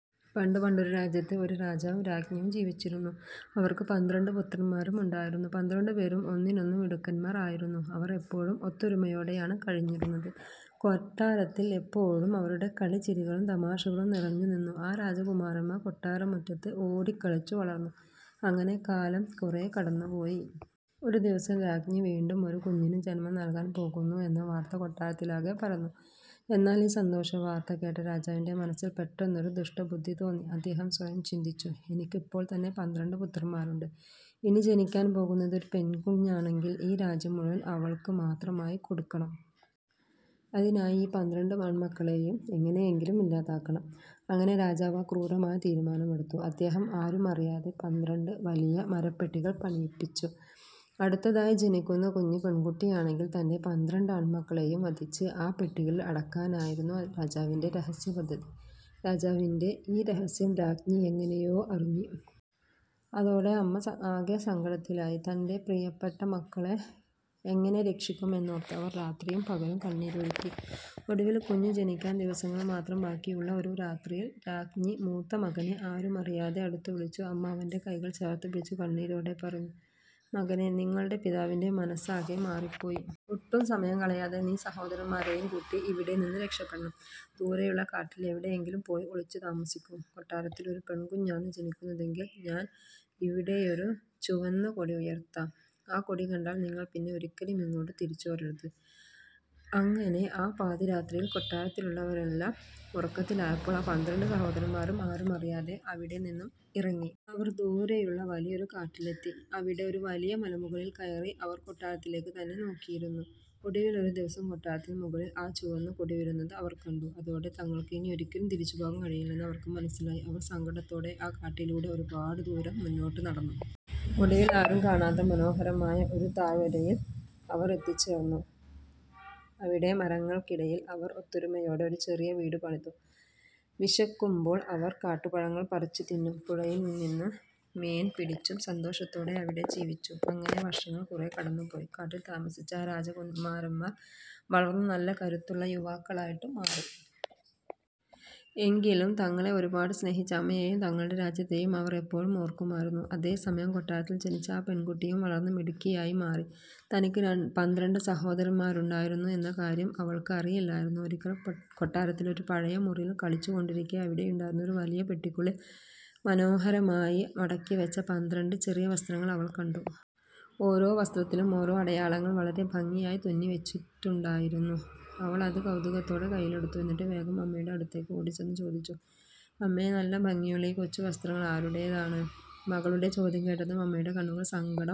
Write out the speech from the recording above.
പണ്ട് പണ്ടൊരു രാജ്യത്ത് ഒരു രാജാവും രാജ്ഞിയും ജീവിച്ചിരുന്നു. അവർക്ക് പന്ത്രണ്ട് പുത്രന്മാർ ഉണ്ടായിരുന്നു. പന്ത്രണ്ടുപേരും ഒന്നിനൊന്ന് മിടുക്കന്മാർ ആയിരുന്നു. അവർ എപ്പോഴും ഒത്തൊരുമയോടെയാണ് കഴിഞ്ഞിരുന്നത്. കൊട്ടാരത്തിൽ എപ്പോഴും അവരുടെ കളിചിരികളും സന്തോഷവും നിറഞ്ഞുനിന്നു. ആ രാജകുമാരന്മാർ കൊട്ടാരമുറ്റത്ത് ഓടിക്കളിച്ചു വളർന്നു. അങ്ങനെ കാലം കുറേ കടന്നുപോയി. ഒരു ദിവസം, രാജ്ഞി വീണ്ടും ഒരു കുഞ്ഞിന് ജന്മം നൽകാൻ പോകുന്നു എന്ന വാർത്ത കൊട്ടാരത്തിലാകെ പരന്നു. എന്നാൽ, ഈ സന്തോഷവാർത്ത കേട്ട രാജാവിന്റെ മനസ്സിൽ പെട്ടെന്നൊരു ദുഷ്ടബുദ്ധി തോന്നി. അദ്ദേഹം സ്വയം ചിന്തിച്ചു: "എനിക്ക് ഇപ്പോൾ തന്നെ പന്ത്രണ്ട് പുത്രന്മാരുണ്ട്. ഇനി ജനിക്കാൻ പോകുന്നത് ഒരു പെൺകുഞ്ഞാണെങ്കിൽ, ഈ രാജ്യം മുഴുവൻ അവൾക്ക് മാത്രമായി കൊടുക്കണം. അതിനായി ഈ പന്ത്രണ്ട് ആൺമക്കളെയും എങ്ങനെയെങ്കിലും ഇല്ലാതാക്കണം! " അങ്ങനെ രാജാവ് ആ ക്രൂരമായ തീരുമാനമെടുത്തു. അദ്ദേഹം ആരുമറിയാതെ പന്ത്രണ്ട് വലിയ മരപ്പെട്ടികൾ പണിയിപ്പിച്ചു. അടുത്തതായി ജനിക്കുന്ന കുഞ്ഞ് പെൺകുട്ടിയാണെങ്കിൽ, തന്റെ പന്ത്രണ്ട് ആൺമക്കളെയും വധിച്ച് ആ പെട്ടികളിൽ അടയ്ക്കാനായിരുന്നു രാജാവിന്റെ രഹസ്യ പദ്ധതി. രാജാവിന്റെ ഈ രഹസ്യം രാജ്ഞി എങ്ങനെയോ അറിഞ്ഞു. അതോടെ അമ്മ ആകെ സങ്കടത്തിലായി. തന്റെ പ്രിയപ്പെട്ട മക്കളെ എങ്ങനെ രക്ഷിക്കും എന്നോർത്ത് അവർ രാത്രിയും പകലും കണ്ണീരൊഴുക്കി. ഒടുവിൽ, കുഞ്ഞ് ജനിക്കാൻ ദിവസങ്ങൾ മാത്രം ബാക്കിയുള്ള ഒരു രാത്രിയിൽ, രാജ്ഞി മൂത്തമകനെ ആരുമറിയാതെ അടുത്തു വിളിച്ചു. അമ്മ അവന്റെ കൈകൾ ചേർത്തുപിടിച്ച് കണ്ണീരോടെ പറഞ്ഞു: "മകനേ, നിങ്ങളുടെ പിതാവിന്റെ മനസ്സ് ആകെ മാറിപ്പോയി. ഒട്ടും സമയം കളയാതെ നീ സഹോദരന്മാരെയും കൂട്ടി ഇവിടെനിന്ന് രക്ഷപ്പെടണം! ദൂരെയുള്ള കാട്ടിൽ എവിടെയെങ്കിലും പോയി ഒളിച്ചു താമസിക്കൂ. കൊട്ടാരത്തിൽ ഒരു പെൺകുഞ്ഞാണ് ജനിക്കുന്നതെങ്കിൽ ഞാൻ ഇവിടെയൊരു ചുവന്ന കൊടി ഉയർത്താം. ആ കൊടി കണ്ടാൽ നിങ്ങൾ പിന്നെ ഒരിക്കലും ഇങ്ങോട്ട് തിരിച്ചു വരരുത്! " അങ്ങനെ ആ പാതിരാത്രിയിൽ, കൊട്ടാരത്തിലുള്ളവരെല്ലാം ഉറക്കത്തിലായപ്പോൾ ആ പന്ത്രണ്ട് സഹോദരന്മാരും ആരുമറിയാതെ അവിടെനിന്നും ഇറങ്ങി. അവർ ദൂരെയുള്ള വലിയൊരു കാട്ടിലെത്തി. അവിടെ ഒരു വലിയ മലമുകളിൽ കയറി അവർ കൊട്ടാരത്തിലേക്ക് തന്നെ നോക്കിയിരുന്നു. ഒടുവിൽ ഒരു ദിവസം, കൊട്ടാരത്തിന് മുകളിൽ ആ ചുവന്ന കൊടി ഉയരുന്നത് അവർ കണ്ടു! അതോടെ തങ്ങൾക്ക് ഇനി ഒരിക്കലും തിരിച്ചുപോകാൻ കഴിയില്ലെന്ന് അവർക്ക് മനസ്സിലായി. അവർ സങ്കടത്തോടെ ആ കാട്ടിലൂടെ ഒരുപാട് ദൂരം മുന്നോട്ട് നടന്നു. ഒടുവിൽ ആരും കാണാത്ത, മനോഹരമായ ഒരു താഴ്വരയിൽ അവർ എത്തിച്ചേർന്നു. അവിടെ മരങ്ങൾക്കിടയിൽ അവർ ഒത്തൊരുമയോടെ ഒരു ചെറിയ വീട് പണിതു. വിശക്കുമ്പോൾ അവർ കാട്ടുപഴങ്ങൾ പറിച്ചു തിന്നും, പുഴയിൽ നിന്ന് മീൻ പിടിച്ചും സന്തോഷത്തോടെ അവിടെ ജീവിച്ചു. അങ്ങനെ വർഷങ്ങൾ കുറേ കടന്നുപോയി. കാട്ടിൽ താമസിച്ച ആ രാജകുമാരന്മാർ വളർന്ന് നല്ല കരുത്തുള്ള യുവാക്കളായി മാറി. എങ്കിലും തങ്ങളെ ഒരുപാട് സ്നേഹിച്ച അമ്മയെയും തങ്ങളുടെ രാജ്യത്തെയും അവർ എപ്പോഴും ഓർക്കുമായിരുന്നു. അതേസമയം, കൊട്ടാരത്തിൽ ജനിച്ച ആ പെൺകുട്ടിയും വളർന്ന് മിടുക്കിയായി മാറി. തനിക്ക് പന്ത്രണ്ട് സഹോദരന്മാരുണ്ടായിരുന്നു എന്ന കാര്യം അവൾക്ക് അറിയില്ലായിരുന്നു. ഒരിക്കൽ കൊട്ടാരത്തിലെ ഒരു പഴയ മുറിയിൽ കളിച്ചുകൊണ്ടിരിക്കെ, അവിടെയുണ്ടായിരുന്ന ഒരു വലിയ പെട്ടിക്കുള്ളിൽ മനോഹരമായി മടക്കിവച്ച പന്ത്രണ്ട് ചെറിയ വസ്ത്രങ്ങൾ അവൾ കണ്ടു! ഓരോ വസ്ത്രത്തിലും ഓരോ അടയാളങ്ങൾ വളരെ ഭംഗിയായി തുന്നി വച്ചിട്ടുണ്ടായിരുന്നു. അവളത് കൗതുകത്തോടെ കൈയിലെടുത്തു. എന്നിട്ട് വേഗം അമ്മയുടെ അടുത്തേക്ക് ഓടിച്ചെന്ന് ചോദിച്ചു: "അമ്മേ, നല്ല ഭംഗിയുള്ള ഈ കൊച്ചു വസ്ത്രങ്ങൾ ആരുടേതാണ്? " മകളുടെ ചോദ്യം കേട്ടതും അമ്മയുടെ കണ്ണുകൾ സങ്കടം